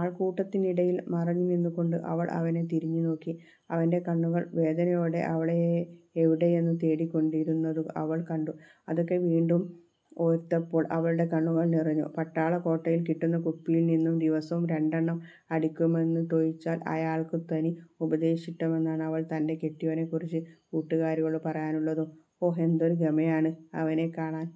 ആള്ക്കൂട്ടത്തിനിടയില് മറഞ്ഞുനിന്നുകൊണ്ട് അവള് അവനെ തിരിഞ്ഞു നോക്കി. അവന്റെ കണ്ണുകള് വേദനയോടെ അവളെവിടെയെന്നു തേടിക്കൊണ്ടിരുന്നതു അവള് കണ്ടു. അതൊക്കെ വീണ്ടും ഓര്ത്തപ്പോള് അവളുടെ കണ്ണുകള് നിറഞ്ഞു. പട്ടാള ക്വോട്ടയില് കിട്ടുന്ന കുപ്പിയില്നിന്നും ദിവസവും രണ്ടെണ്ണം അടിക്കുമെന്നതൊഴിച്ചാല്, അയാള്ക്കു തനി ഉപദേശിമട്ടെന്നാണ് അവള് തന്റെ കെട്ടിയോനെകുറിച്ച് കൂട്ടുകാരികളോട് പറയാനുള്ളതും 'ഓ എന്തൊരു ഗമയാണ് അവനെക്കാണാന്.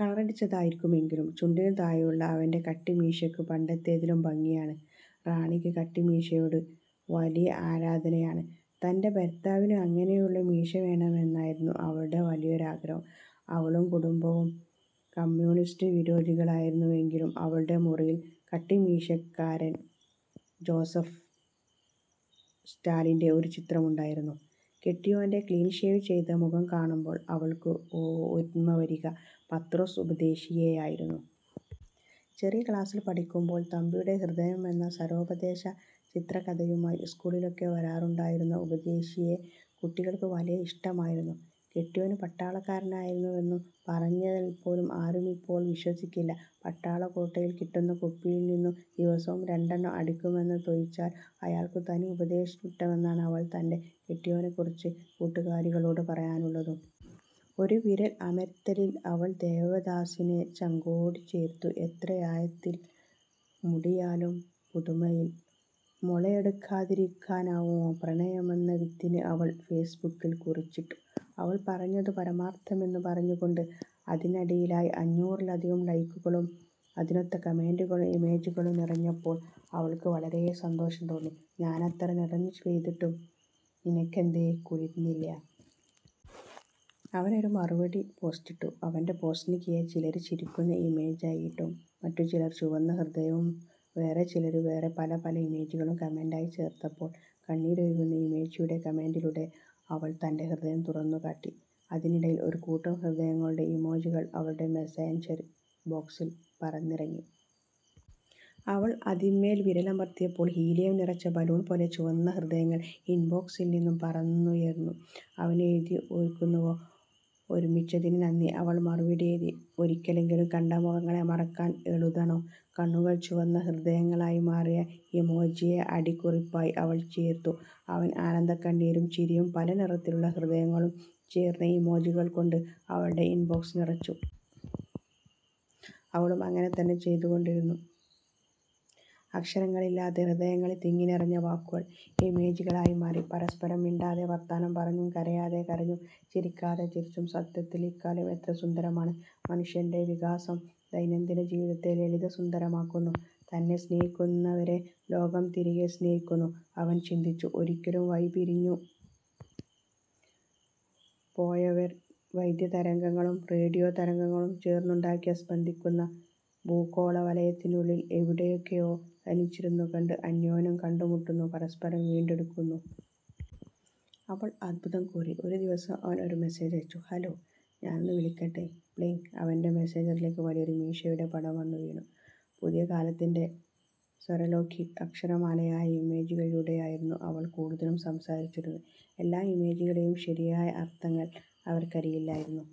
കളറടിച്ചതായിരിക്കും എങ്കിലും ചുണ്ടിനു താഴെയുള്ള അവന്റെ കട്ടിമീശക്കു പണ്ടത്തേതിലും ഭംഗിയാണ്. ' റാണിക്ക് കട്ടിമീശയോടു വലിയ ആരാധനയാണ്. തന്റെ ഭര്ത്താവിനു അങ്ങനെയുള്ള മീശവേണമെന്നതായിരുന്നു അവളുടെ വലിയൊരാഗ്രഹം. അവളും കുടുംബവും കമ്മ്യൂണിസ്റ്റു വിരോധികളായിരുന്നുവെങ്കിലും അവളുടെ മുറിയില് കട്ടിമീശക്കാരന് ജോസഫ് സ്റ്റാലിന്റെ ഒരു ചിത്രമുണ്ടായിരുന്നു. കെട്ടിയോന്റെ ക്ലീന്ഷേവ് ചെയ്ത മുഖം കാണുമ്പോള് അവള്ക്കു ഓര്മ്മവരിക പത്രോസ് ഉപദേശിയെയായിരുന്നു. ചെറിയ ക്ലാസ്സില് പഠിക്കുമ്പോള് 'തമ്പിയുടെ ഹൃദയം' എന്ന സാരോപദേശ ചിത്രകഥയുമായി സ്കൂളിലൊക്കെ വരാറുണ്ടായിരുന്ന ഉപദേശിയെ കുട്ടികള്ക്ക് വലിയ ഇഷ്ട്ടമായിരുന്നു. കെട്ടിയോന് പട്ടാളക്കാരനായിരുന്നുവെന്നു പറഞ്ഞാല്പോലും ആരുമിപ്പോള് വിശ്വസിക്കില്ല. പട്ടാള ക്വോട്ടയില് കിട്ടുന്ന കുപ്പിയില്നിന്നും ദിവസവും രണ്ടെണ്ണം അടിക്കുമെന്നതൊഴിച്ചാല്, അയാള്ക്കു തനി ഉപദേശിമട്ടെന്നാണ് അവള് തന്റെ കെട്ടിയോനെകുറിച്ച് കൂട്ടുകാരികളോട് പറയാനുള്ളതും. ഒരു വിരല് അമര്ത്തലില് അവള് ദേവദാസിനെ ചങ്കോടുചേര്ത്തു. 'എത്രയാഴത്തില് മൂടിയാലും പുതുമഴയില് മുളയെടുക്കാതിരിക്കാനാവുമോ പ്രണയമെന്ന വിത്തിന്' അവള് ഫേസ് ബുക്കില് കുറിച്ചിട്ടു. അവള് പറഞ്ഞതു പരമാര്ത്ഥമെന്നു പറഞ്ഞുകൊണ്ട് അതിനടിയിലായി അഞ്ഞൂറിലധികം ലൈക്കുകളും അതിനൊത്ത കമന്റുകളും ഇമോജികളും നിറഞ്ഞപ്പോള് അവള്ക്കു വളരെ സന്തോഷം തോന്നി. 'ഞാനെത്ര നിറഞ്ഞുപെയ്തിട്ടും നിനക്കെന്തേ കുളിര്ന്നില്ല? ' അവനൊരു മറുപടി പോസ്റ്റിട്ടു. അവന്റെ പോസ്റ്റിനു കീഴെ ചിലര് ചിരിക്കുന്ന ഇമോജിയിട്ടു. മറ്റുചിലര് ചുവന്ന ഹൃദയവും വേറെചിലര് വേറെ പലപല ഇമോജികളും കമന്റായി ചേര്ത്തപ്പോള് കണ്ണീരൊഴുക്കുന്ന ഇമോജിയുടെ കമന്റിലൂടെ അവള് തന്റെ ഹൃദയം തുറന്നു കാട്ടി. അതിനിടയില് ഒരുകൂട്ടം ഹൃദയങ്ങളുടെ ഇമോജികള് അവളുടെ മെസഞ്ചര് ബോക്സില് പറന്നിറങ്ങി. അവള് അതിന്മേല് വിരലമര്ത്തിയപ്പോള് ഹീലിയം നിറച്ച ബലൂണ്പോലെ ചുവന്ന ഹൃദയങ്ങള് ഇന്ബോക്സില് നിന്നും പറന്നുയര്ന്നു. അവന് എഴുതി 'ഓര്ക്കുന്നുവോ!. ഓര്മ്മിച്ചതിനു നന്ദി' അവള് മറുപടിയെഴുതി; 'ഒരിക്കലെങ്കിലും കണ്ട മുഖങ്ങളെ മറക്കാന് എളുതാണോ? ' കണ്ണുകള് ചുവന്ന ഹൃദയങ്ങളായിമാറിയ ഇമോജിയെ അടിക്കുറിപ്പായി അവള് ചേര്ത്തു. അവന് ആനന്ദക്കണ്ണീരും ചിരിയും പലനിറത്തിലുള്ള ഹൃദയങ്ങളും ചേര്ന്ന ഇമോജികള് കൊണ്ട് അവളുടെ ഇന്ബോക്സ് നിറച്ചു. അവളും അങ്ങനെ തന്നെ ചെയ്തുകൊണ്ടിരുന്നു. അക്ഷരങ്ങളില്ലാതെ ഹൃദയങ്ങളില് തിങ്ങിനിറഞ്ഞ വാക്കുകള് ഇമോജികളായിമാറി പരസ്പരം മിണ്ടാതെ വര്ത്താനംപറഞ്ഞു, കരയാതെ കരഞ്ഞു. ചിരിക്കാതെ ചിരിച്ചു. 'സത്യത്തില് ഇക്കാലം എത്രസുന്ദരമാണ്. മനുഷ്യന്റെ വികാസം ദൈനംദിനജീവിതത്തെ ലളിതസുന്ദരമാക്കുന്നു. തന്നെ സ്നേഹിക്കുന്നവരെ ലോകം തിരികെ സ്നേഹിക്കുന്നു. ' അവന് ചിന്തിച്ചു. 'ഒരിക്കല് വഴിപിരിഞ്ഞുപോയവര് വൈദ്യതതരംഗങ്ങളും റേഡിയോ തരംഗങ്ങളും ചേര്ന്നുണ്ടാക്കിയ സ്പന്ദിക്കുന്ന ഭൂഗോളവലയത്തിനുള്ളില് എവിടെയൊക്കയോ തനിച്ചിരുന്നുകൊണ്ട് അന്യോന്യം കണ്ടുമുട്ടുന്നു, പരസ്പരം വീണ്ടെടുക്കുന്നു!. ' അവള് അത്ഭുതംകൂറി. ഒരു ദിവസം അവന് ഒരു മെസ്സേജ് അയച്ചു. 'ഹലോ ഞാനൊന്നു വിളിക്കട്ടെ? ' 'പ്ലിംഗ്' അവന്റെ മെസഞ്ചറില് വലിയൊരു മീശയുടെ പടം വന്നു വീണു. പുതിയ കാലത്തിന്റെ സാര്വലൌകീക അക്ഷരമാലയായ ഇമോജികളിലൂടെയായിരുന്നു അവള് കൂടുതലും സംസാരിച്ചിരുന്നത്. എല്ലാ ഇമോജികളുടെയും ശരിയായ അര്ത്ഥങ്ങള് അവര്ക്കറിയില്ലായിരുന്നു.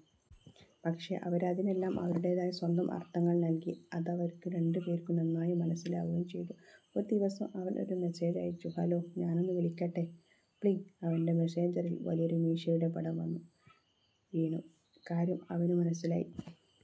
പക്ഷേ അവര്, അതിനെല്ലാം അവരുടേതായ സ്വന്തം അര്ത്ഥങ്ങള് നല്കി. അതവര്ക്കു രണ്ടുപേര്ക്കും നന്നായി മനസ്സിലാവുകയും ചെയ്തു. ഒരു ദിവസം അവന് ഒരു മെസ്സേജ് അയച്ചു. 'ഹലോ ഞാനൊന്നു വിളിക്കട്ടെ? ' 'പ്ലിംഗ്' അവന്റെ മെസഞ്ചറില് വലിയൊരു മീശയുടെ പടം വന്നു വീണു. കാര്യം അവനും മനസ്സിലായി.